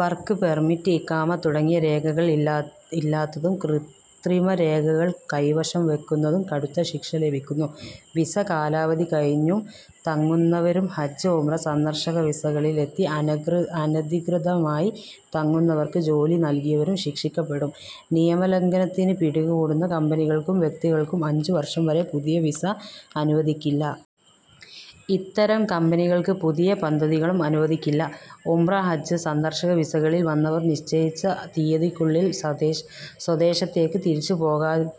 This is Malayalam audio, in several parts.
വർക്ക് പെർമിറ്റ്, ഇഖാമ തുടങ്ങിയ രേഖകൾ ഇല്ലാത്തതും കൃത്രിമരേഖകൾ കൈവശം വെക്കുന്നതും കടുത്ത ശിക്ഷ ലഭിക്കുന്നു. വിസ കാലാവധി കഴിഞ്ഞും തങ്ങുന്നവരും ഹജ്ജ്, ഉംറ, സന്ദർശക വിസകളിലെത്തി അനധികൃതമായി തങ്ങുന്നവർക്ക് ജോലി നൽകിയവരും ശിക്ഷിക്കപ്പെടും. നിയമലംഘനത്തിനു പിടികൂടുന്ന കമ്പനികൾക്കും വ്യക്തികൾക്കും അഞ്ചു വർഷം വരെ പുതിയ വിസ അനുവദിക്കില്ല. ഇത്തരം കമ്പനികൾക്ക് പുതിയ പദ്ധതികളും അനുവദിക്കില്ല. ഉംറ, ഹജ്ജ്, സന്ദർശക വിസകളിൽ വന്നവർ നിശ്ചയിച്ച തീയതിക്കുള്ളിൽ സ്വദേശത്തേക്ക് തിരിച്ചു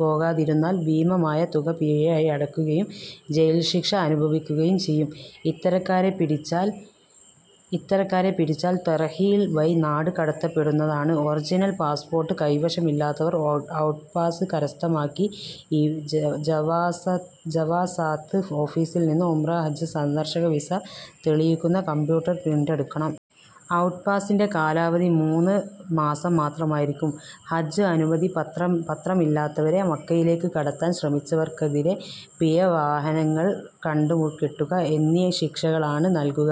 പോകാതിരുന്നാൽ ഭീമമായ തുക പിഴയായി അടക്കുകയും ജയിൽ ശിക്ഷ അനുഭവിക്കുകയും ചെയ്യും. ഇത്തരക്കാരെ പിടിച്ചാൽ തർഹീൽ വഴി നാട് കടത്തപ്പെടുന്നതാണ്. ഒറിജിനൽ പാസ്പോർട്ട് കൈവശമില്ലാത്തവർ ഔട്ട്പാസ് കരസ്ഥമാക്കി ജവാസാത്ത് ഓഫീസിൽനിന്ന് ഉംറ/ ഹജ്ജ്/ സന്ദർശക വിസ തെളിയിക്കുന്ന കമ്പ്യൂട്ടർ പ്രിന്റ് എടുക്കണം. ഔട്ട് പാസിന്റെ കാലാവധി മൂന്ന് മാസം മാത്രമായിരിക്കും. ഹജ്ജ് അനുമതി പത്രമില്ലാത്തവരെ മക്കയിലേക്ക് കടത്താൻ ശ്രമിച്ചവർക്കെതിരെ പിഴ, വാഹനങ്ങൾ കണ്ടുകെട്ടുക എന്നീ ശിക്ഷകളാണ് നൽകുക.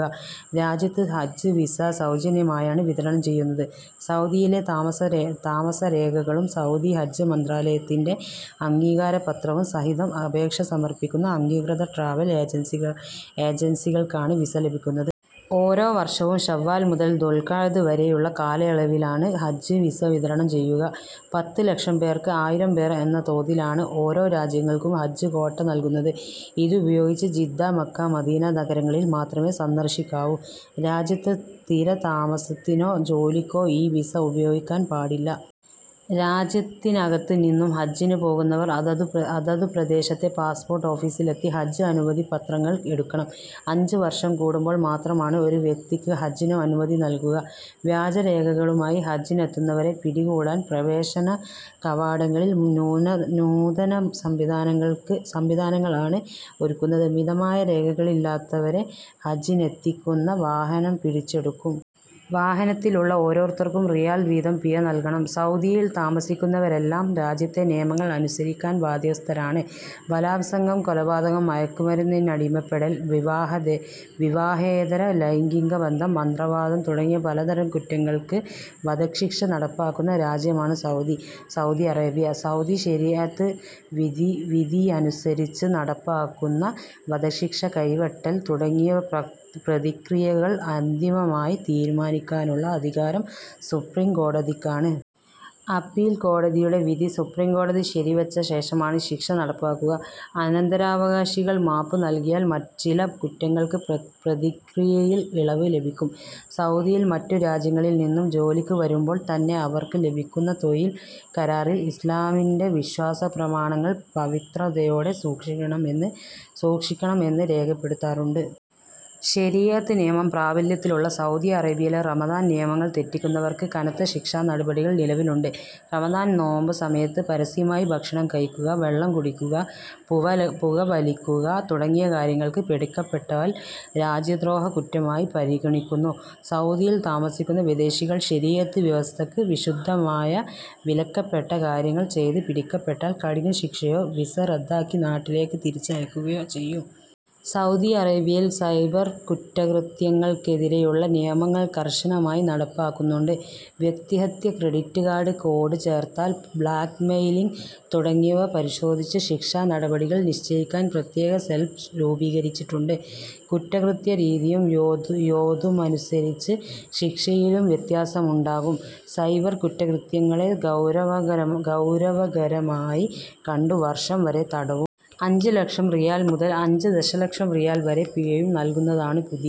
രാജ്യത്ത് ഹജ്ജ് വിസ സൗജന്യമായാണ് വിതരണം ചെയ്യുന്നത്. സൗദിയിലെ താമസരേഖകളും സൗദി ഹജ്ജ് മന്ത്രാലയത്തിന്റെ അംഗീകാരപത്രവും സഹിതം അപേക്ഷ സമർപിക്കുന്ന അംഗീകൃത ട്രാവൽ ഏജൻസികൾക്കാണ് വിസ ലഭിക്കുന്നത്. ഓരോ വർഷവും ശവ്വാൽ മുതൽ ദുൽഖഅദ് വരെയുള്ള കാലയളവിലാണ് ഹജ്ജ് വിസ വിതരണം ചെയ്യുക. പത്ത് ലക്ഷം പേർക്ക് ആയിരം പേർ എന്ന തോതിലാണ് ഓരോ രാജ്യങ്ങൾക്കും ഹജ്ജ് ക്വാട്ട നൽകുന്നത്. ഇതുപയോഗിച്ച് ജിദ്ദ, മക്ക, മദീന നഗരങ്ങളിൽ മാത്രമേ സന്ദർശിക്കാവൂ. രാജ്യത്ത് സ്ഥിര താമസത്തിനോ ജോലിക്കോ ഈ വിസ ഉപയോഗിക്കാൻ പാടില്ല. രാജ്യത്തിനകത്ത് നിന്നും ഹജ്ജിനു പോകുന്നവർ അതതു പ്രദേശത്തെ പാസ്പോർട്ട് ഓഫീസിലെത്തി ഹജ്ജ് അനുമതിപത്രങ്ങൾ എടുക്കണം. അഞ്ചു വർഷം കൂടുമ്പോൾ മാത്രമാണ് ഒരു വ്യക്തിക്ക് ഹജ്ജിനു അനുമതി നൽകുക. വ്യാജരേഖകളുമായി ഹജ്ജിനെത്തുന്നവരെ പിടികൂടാൻ പ്രവേശന കവാടങ്ങളിൽ നൂതന സംവിധാനങ്ങൾ ആണ് ഒരുക്കുന്നത്. മിതമായ രേഖകളില്ലാത്തവരെ ഹജ്ജിനെത്തിക്കുന്ന വാഹനം പിടിച്ചെടുക്കും. വാഹനത്തിലുള്ള ഓരോരുത്തർക്കും റിയാൽ വീതം പിഴ നൽകണം സൗദിയിൽ താമസിക്കുന്നവരെല്ലാം രാജ്യത്തെ നിയമങ്ങൾ അനുസരിക്കാൻ ബാധ്യസ്ഥരാണ്. ബലാത്സംഗം, കൊലപാതകം, മയക്കുമരുന്നിനടിമപ്പെടൽ, വിവാഹേതര ലൈംഗിക ബന്ധം, മന്ത്രവാദം തുടങ്ങിയ പലതരം കുറ്റങ്ങൾക്ക് വധശിക്ഷ നടപ്പാക്കുന്ന രാജ്യമാണ് സൗദി അറേബ്യ. സൗദി ശരീഅത്ത് വിധിയനുസരിച്ച് നടപ്പാക്കുന്ന വധശിക്ഷ, കൈവെട്ടൽ തുടങ്ങിയ പ്രതിക്രിയകൾ അന്തിമമായി തീരുമാനിക്കാനുള്ള അധികാരം സുപ്രീംകോടതിക്കാണ്. അപ്പീൽ കോടതിയുടെ വിധി സുപ്രീംകോടതി ശരിവെച്ച ശേഷമാണ് ശിക്ഷ നടപ്പാക്കുക. അനന്തരാവകാശികൾ മാപ്പ് നൽകിയാൽ ചില കുറ്റങ്ങൾക്ക് പ്രതിക്രിയയിൽ ഇളവ് ലഭിക്കും. സൗദിയിൽ മറ്റു രാജ്യങ്ങളിൽ നിന്നും ജോലിക്കു വരുമ്പോൾ തന്നെ അവർക്ക് ലഭിക്കുന്ന തൊഴിൽ കരാറിൽ ഇസ്ലാമിന്റെ വിശ്വാസ പ്രമാണങ്ങൾ പവിത്രതയോടെ സൂക്ഷിക്കണം എന്ന് രേഖപ്പെടുത്താറുണ്ട്. ശരീഅത്ത് നിയമം പ്രാബല്യത്തിലുള്ള സൗദി അറേബ്യയിൽ റമദാൻ നിയമങ്ങൾ തെറ്റിക്കുന്നവർക്ക് കനത്ത ശിക്ഷാ നടപടികൾ നിലവിലുണ്ട്. റമദാൻ നോമ്പു സമയത്ത് പരസ്യമായി ഭക്ഷണം കഴിക്കുക, വെളളം കുടിക്കുക, പുകവലിക്കുക തുടങ്ങിയ കാര്യങ്ങൾക്ക് പിടിക്കപ്പെട്ടാൽ രാജ്യദ്രോഹ കുറ്റമായി പരിഗണിക്കുന്നു. സൗദിയിൽ താമസിക്കുന്ന വിദേശികൾ ശരീഅത്ത് വ്യവസ്ഥക്ക് വിരുദ്ധമായ വിലക്കപ്പെട്ട കാര്യങ്ങൾ ചെയ്ത് പിടിക്കപ്പെട്ടാൽ കഠിന ശിക്ഷയോ വിസ റദ്ദാക്കി നാട്ടിലേക്ക് തിരിച്ചയക്കുകയോ ചെയ്യും. സൗദി അറേബ്യയിൽ സൈബർ കുറ്റകൃത്യങ്ങൾക്കെതിരെയുളള നിയമങ്ങൾ കർശനമായി നടപ്പാക്കുന്നുണ്ട്. വ്യക്തിഹത്യ, ക്രെഡിറ്റ് കാർഡ് കോഡ് ചോർത്തൽ, ബ്ലാക്ക്മെയ്ലിങ് തുടങ്ങിയവ പരിശോധിച്ചു ശിക്ഷാ നടപടികൾ നിശ്ചയിക്കാൻ പ്രത്യേക സെൽ രൂപീകരിച്ചിട്ടുണ്ട്. കുറ്റകൃത്യ രീതിയും യോതുമനുസരിച്ചു ശിക്ഷയിലും വ്യത്യാസമുണ്ടാകും. സൈബർ കുറ്റകൃത്യങ്ങളെ ഗൗരവകരമായി കണ്ടു വർഷം വരെ തടവും അഞ്ച് ലക്ഷം റിയാൽ മുതൽ അഞ്ച് ദശലക്ഷം റിയാൽ വരെ പിഴയും നൽകുന്നതാണു പുതിയ